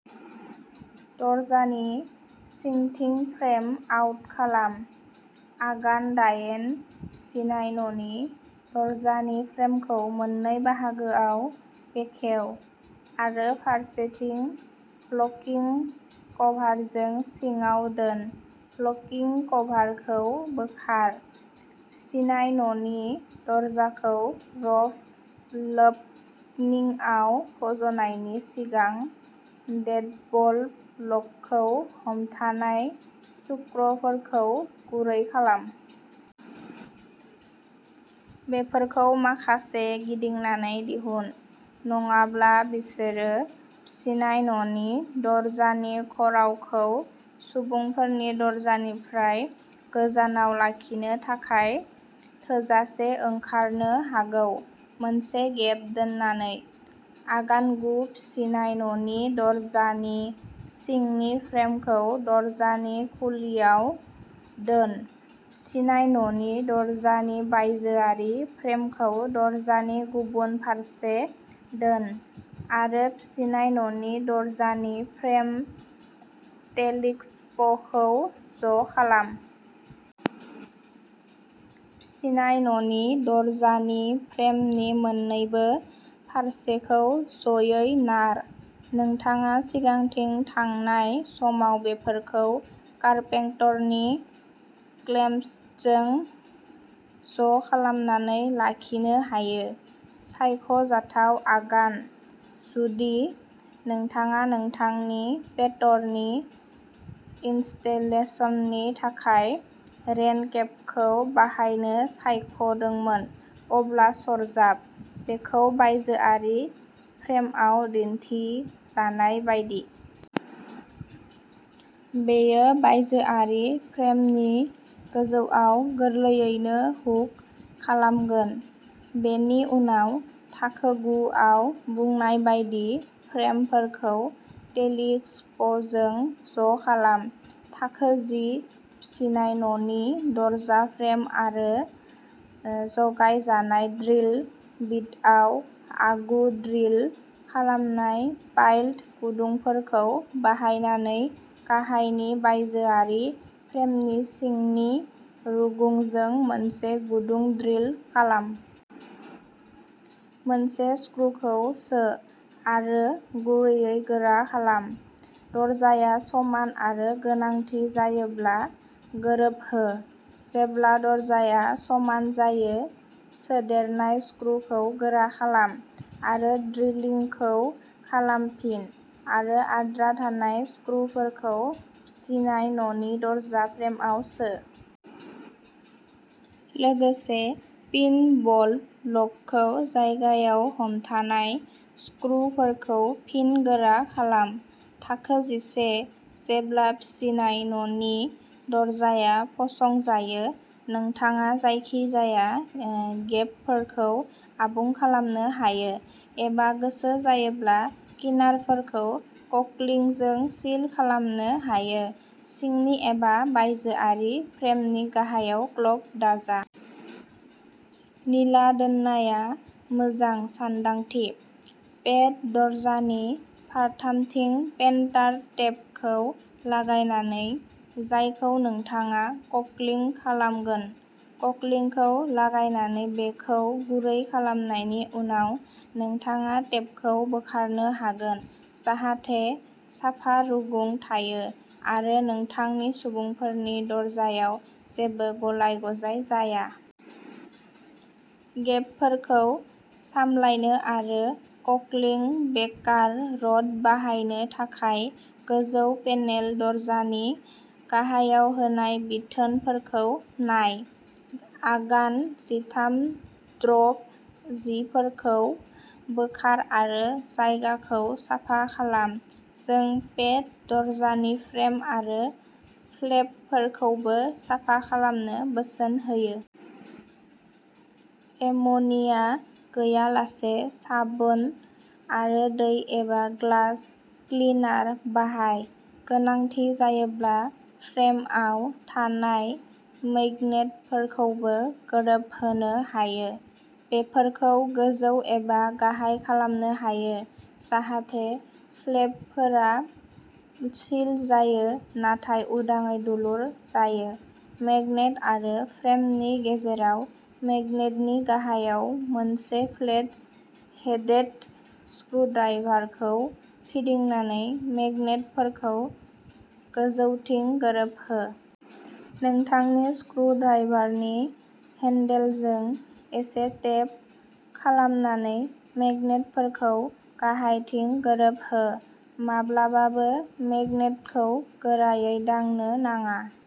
दरजानि सिंथिं'फ्रेम आउट' खालाम। आगान दायेन फिसिनाय न'नि दरजानि फ्रेमखौ मोननै बाहागोआव बोखाव आरो फारसेथिं लकिं कभारजों सिङाव दोन। लकिं कभारखौ बोखार। फिसिनाय न'नि दरजाखौ र'फ ओपनिंआव फज'नायनि सिगां, डेडबल्ट लकखौ हमथानाय स्क्रुफोरखौ गुरै खालाम। बेफोरखौ माखासे गिदिंनानै दिहुन, नङाब्ला बिसोरो फिसिनाय न'नि दरजानि ख'रावखौ सुबुंफोरनि दरजानिफ्राय गोजानाव लाखिनो थाखाय थोजासे ओंखारनो हागौ, मोनसे गेप दोननानै। आगान गु फिसिनाय न'नि दरजानि सिंनि फ्रेमखौ दरजानि खुलिङाव दोन। फिसिनाय न'नि दरजानि बायजोआरि फ्रेमखौ दरजानि गुबुन फारसे दोन आरो फिसिनाय न'नि दरजानि फ्रेम टेलिस्क'पखौ ज'खालाम। फिसिनाय न'नि दरजानि फ्रेमनि मोन्नैबो फारसेखौ ज'यै नार। नोंथाङा सिगांथिं थांनाय समाव बेफोरखौ कारपेंटरनि क्लेम्पजों ज'खालामनानै लाखिनो हायो। सायख'जाथाव आगान जुदि नोंथाङा नोंथांनि पेटर'नि इनस्टलेशननि थाखाय रेन केपखौ बाहायनो सायख'दोंमोन, अब्ला सरजाब। बेखौ बायजोआरि फ्रेमआव दिन्थिजानाय बायदि। बेयो बायजोआरि फ्रेमनि गोजौआव गोरलैयैनो हुक खालामगोन। बेनि उनाव थाखो गु आव बुंनाय बायदि फ्रेमफोरखौ टेलिस्क'पजों ज'खालाम। थाखो जि फिसिनाय न'नि दरजा फ्रेम आरो जगायजानाय ड्रिल बिटआव आगु-ड्रिल खालामनाय पाइलट गुदुंफोरखौ बाहायनानै, गाहायनि बायजोआरि फ्रेमनि सिंनि रुगुंजों मोनसे गुदुं ड्रिल खालाम। मोनसे स्क्रूखौ सो आरो गुरैयै गोरा खालाम। दरजाया समान आरो गोनांथि जायोब्ला गोरोबहो। जेब्ला दरजाया समान जायो, सोदेरनाय स्क्रूखौ गोरा खालाम आरो ड्रिलिंखौ खालामफिन आरो आद्रा थानाय स्क्रूफोरखौ फिसिनाय न'नि दरजा फ्रेमआव सो। लोगोसे, पिन बल्ट लकखौ जायगायाव हमथानाय स्क्रूफोरखौ फिन गोरा खालाम। थाखो जिसे जेब्ला फिसिनाय न'नि दरजाया फसंजायो, नोंथाङा जायखिजाया ओ गेबफोरखौ आबुं खालामनो हायो एबा गोसो जायोब्ला किनारफोरखौ कल्किंजों सिल खालामनो हायो। सिंनि एबा बायजोआरि फ्रेमनि गाहायाव कल्क दाजा। निला दोननाया मोजां सानदांथि। पेट दरजानि फारथामथिं पेन्टार टेपखौ लागायनानै, जायखौ नोंथाङा कल्किं खालामगोन। कल्किंखौ लागायनानै बेखौ गुरै खालामनायनि उनाव, नोंथाङा टेपखौ बोखारनो हागोन जाहाथे साफा रुगुं थायो आरो नोंथांनि सुबुंफोरनि दरजायाव जेबो गुलाय-गुजाय जाया। गेपफोरखौ सामलायनो आरो कल्किं बेकार रड बाहायनो थाखाय गोजौ पेनेल दरजा नि गाहायाव होनाय बिथोनफोरखौ नाय। आगान जिथाम ड्रप जिफोरखौ बोखार आरो जायगाखौ साफा खालाम। जों पेट दरजानि फ्रेम आरो फ्लेपफोरखौबो साफा खालामनो बोसोन होयो। एमोनिया गैयालासे साबोन आरो दै एबा ग्लास क्लिनार बाहाय। गोनांथि जायोब्ला फ्रेमआव थानाय मैग्नेटफोरखौबो गोरोबहोनो हायो। बेफोरखौ गोजौ एबा गाहाय खालामनो हायो जाहाथे फ्लेपफोरा सिल जायो नाथाय उदाङै दुलुर जायो। मैग्नेट आरो फ्रेमनि गेजेराव मैग्नेटनि गाहायाव मोनसे फ्लेट हेडेड स्क्रुद्राइभारखौ फिदिंनानै मैग्नेटफोरखौ गोजौथिं गोरोबहो। नोंथांनि स्क्रुद्राइभारनि हेन्डेलजों एसे टेप खालामनानै मैग्नेटफोरखौ गाहायथिं गोरोबहो। माब्लाबाबो मेगनेटखौ गोरायै दांनो नाङा।